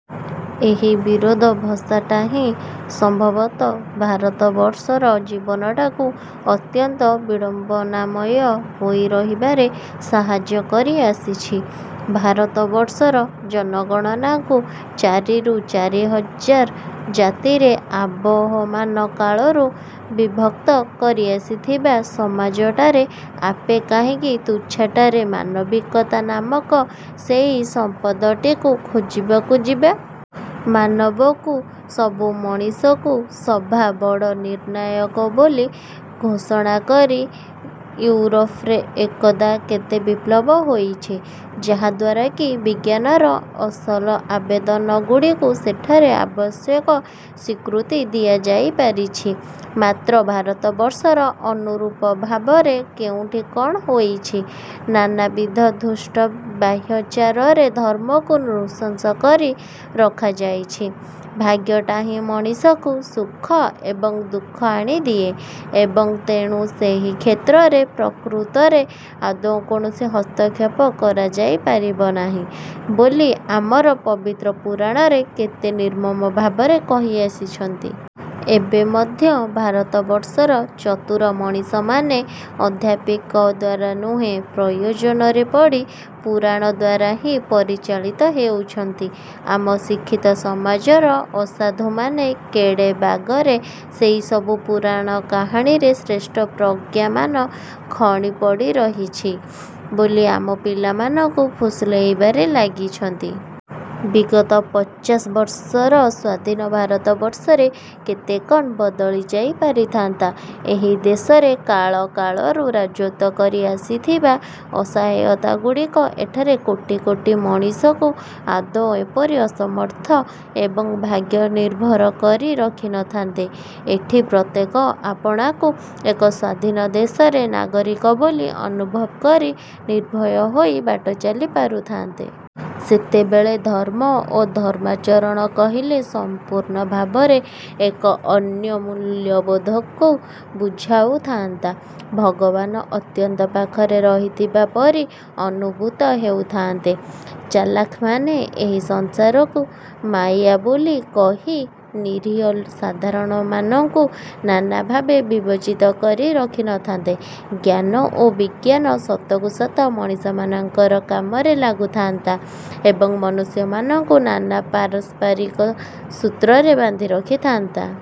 ଏହି ବିରୋଧ ଭସାଟା ହିଁ ସମ୍ଭବତଃ ଭାରତବର୍ଷର ଜୀବନଟାକୁ ଅତ୍ୟନ୍ତ ବିଡ଼ମ୍ବନାମୟ ହୋଇ ରହିବାରେ ସାହାଯ୍ୟ କରି ଆସିଛି। ଭାରତବର୍ଷର ଜନଗଣଙ୍କୁ ଚାରିରୁ ଚାରି ହଜାର ଜାତିରେ ଆବହମାନ କାଳରୁ ବିଭକ୍ତ କରି ଆସିଥିବା ସମାଜଟାରେ ଆପେ କାହିଁକି ତୁଛାଟାରେ ମାନବିକତା ନାମକ ସେହି ସମ୍ପଦଟିକୁ ଖୋଜିବାକୁ ଯିବା? ମାନବକୁ ସବୁ ମଣିଷଙ୍କୁ ସବା ବଡ଼ ନିର୍ଣ୍ଣାୟକ ବୋଲି ଘୋଷଣା କରି ଇଉରୋପରେ ଏକଦା କେତେ ବିପ୍ଳବ ହୋଇଛି, ଯାହାଦ୍ୱାରା କି ବିଜ୍ଞାନର ଅସଲ ଆବେଦନଗୁଡ଼ିକୁ ସେଠାରେ ଆବଶ୍ୟକ ସ୍ୱୀକୃତି ଦିଆଯାଇ ପାରିଛି। ମାତ୍ର ଭାରତବର୍ଷର ଅନୁରୂପ ଭାବରେ କେଉଁଠି କ'ଣ ହୋଇଛି? ନାନାବିଧ ଧୃଷ୍ଟ ବାହ୍ୟାଚାରରେ ଧର୍ମକୁ ନୃଶଂସ କରି ରଖାଯାଇଛି, ଭାଗ୍ୟ ହିଁ ମଣିଷକୁ ସୁଖ ଏବଂ ଦୁଃଖ ଆଣିଦିଏ ଏବଂ ତେଣୁ ସେହି କ୍ଷେତ୍ରରେ ପ୍ରକୃତରେ ଆଦୌ କୌଣସି ହସ୍ତକ୍ଷେପ କରାଯାଇ ପାରିବ ନାହିଁ, ବୋଲି ଆମର ପବିତ୍ର ପୁରାଣରେ କେତେ ନିର୍ମମ ଭାବରେ କହି ଆସିଛନ୍ତି। ଏବେ ମଧ୍ୟ ଭାରତବର୍ଷର ଚତୁର ମଣିଷମାନେ ଅଧ୍ୟାତ୍ମିକ ଦ୍ଵାରା ନୁହେଁ, ପ୍ରୟୋଜନରେ ପଡ଼ି ପୁରାଣ ଦ୍ଵାରା ହିଁ ପରିଚାଳିତ ହେଉଛନ୍ତି। ଆମ ଶିକ୍ଷିତ ସମାଜର ଅସାଧୁମାନେ କେଡ଼େ ବାଗରେ ସେହିସବୁ ପୁରାଣ କାହାଣୀରେ, ଶ୍ରେଷ୍ଠ ପ୍ରଜ୍ଞାମାନ ଖଣି ପଡ଼ି ରହିଛି ବୋଲି ଆମ ପିଲାମାନଙ୍କୁ ଫୁସୁଲେଇବାରେ ଲାଗିଛନ୍ତି। ବିଗତ ପଚାଶ ବର୍ଷର ସ୍ଵାଧୀନ ଭାରତବର୍ଷରେ କେତେ କ'ଣ ବଦଳି ପାରିଥାନ୍ତା। ଏହି ଦେଶରେ କାଳକାଳରୁ ରାଜତ୍ଵ କରି ଆସିଥିବା ଅସହାୟତା ଗୁଡ଼ିକ ଏଠାରେ କୋଟି କୋଟି ମଣିଷଙ୍କୁ ଆଦୌ ଏପରି ଅସମର୍ଥ ଏବଂ ଭାଗ୍ୟନିର୍ଭର କରି ରଖିନଥାନ୍ତେ। ଏଠି ପ୍ରତ୍ୟେକେ ଆପଣାକୁ ଏକ ସ୍ୱାଧୀନ ଦେଶର ନାଗରିକ ବୋଲି ଅନୁଭବ କରି ନିର୍ଭୟ ହୋଇ ବାଟ ଚାଲି ପାରୁଥାନ୍ତେ। ସେତେବେଳେ ଧର୍ମ ଓ ଧର୍ମାଚରଣ କହିଲେ ସମ୍ପୂର୍ଣ୍ଣ ଭାବରେ ଏକ ଅନ୍ୟ ମୂଲ୍ୟବୋଧକୁ ବୁଝାଉ ଥାଆନ୍ତା। ଭଗବାନ ଅତ୍ୟନ୍ତ ପାଖରେ ରହିଥିବା ପରି ଅନୁଭୂତ ହେଉଥାଆନ୍ତେ। ଚାଲାଖମାନେ ଏହି ସଂସାରକୁ ମାୟା ବୋଲି କହି ନିରୀହ ସାଧାରଣମାନଙ୍କୁ ନାନା ଭାବେ ବଂଚିତ କରି ରଖିନଥାନ୍ତେ। ଜ୍ଞାନ ଓ ବିଜ୍ଞାନ ସତକୁ ସତ ମଣିଷମାନଙ୍କର କାମରେ ଲାଗୁଥାଆନ୍ତା ଏବଂ ମନୁଷ୍ୟମାନଙ୍କୁ ନାନା ପାରସ୍ପରିକ ସୂତ୍ରରେ ବାନ୍ଧି ରଖିଥାନ୍ତା।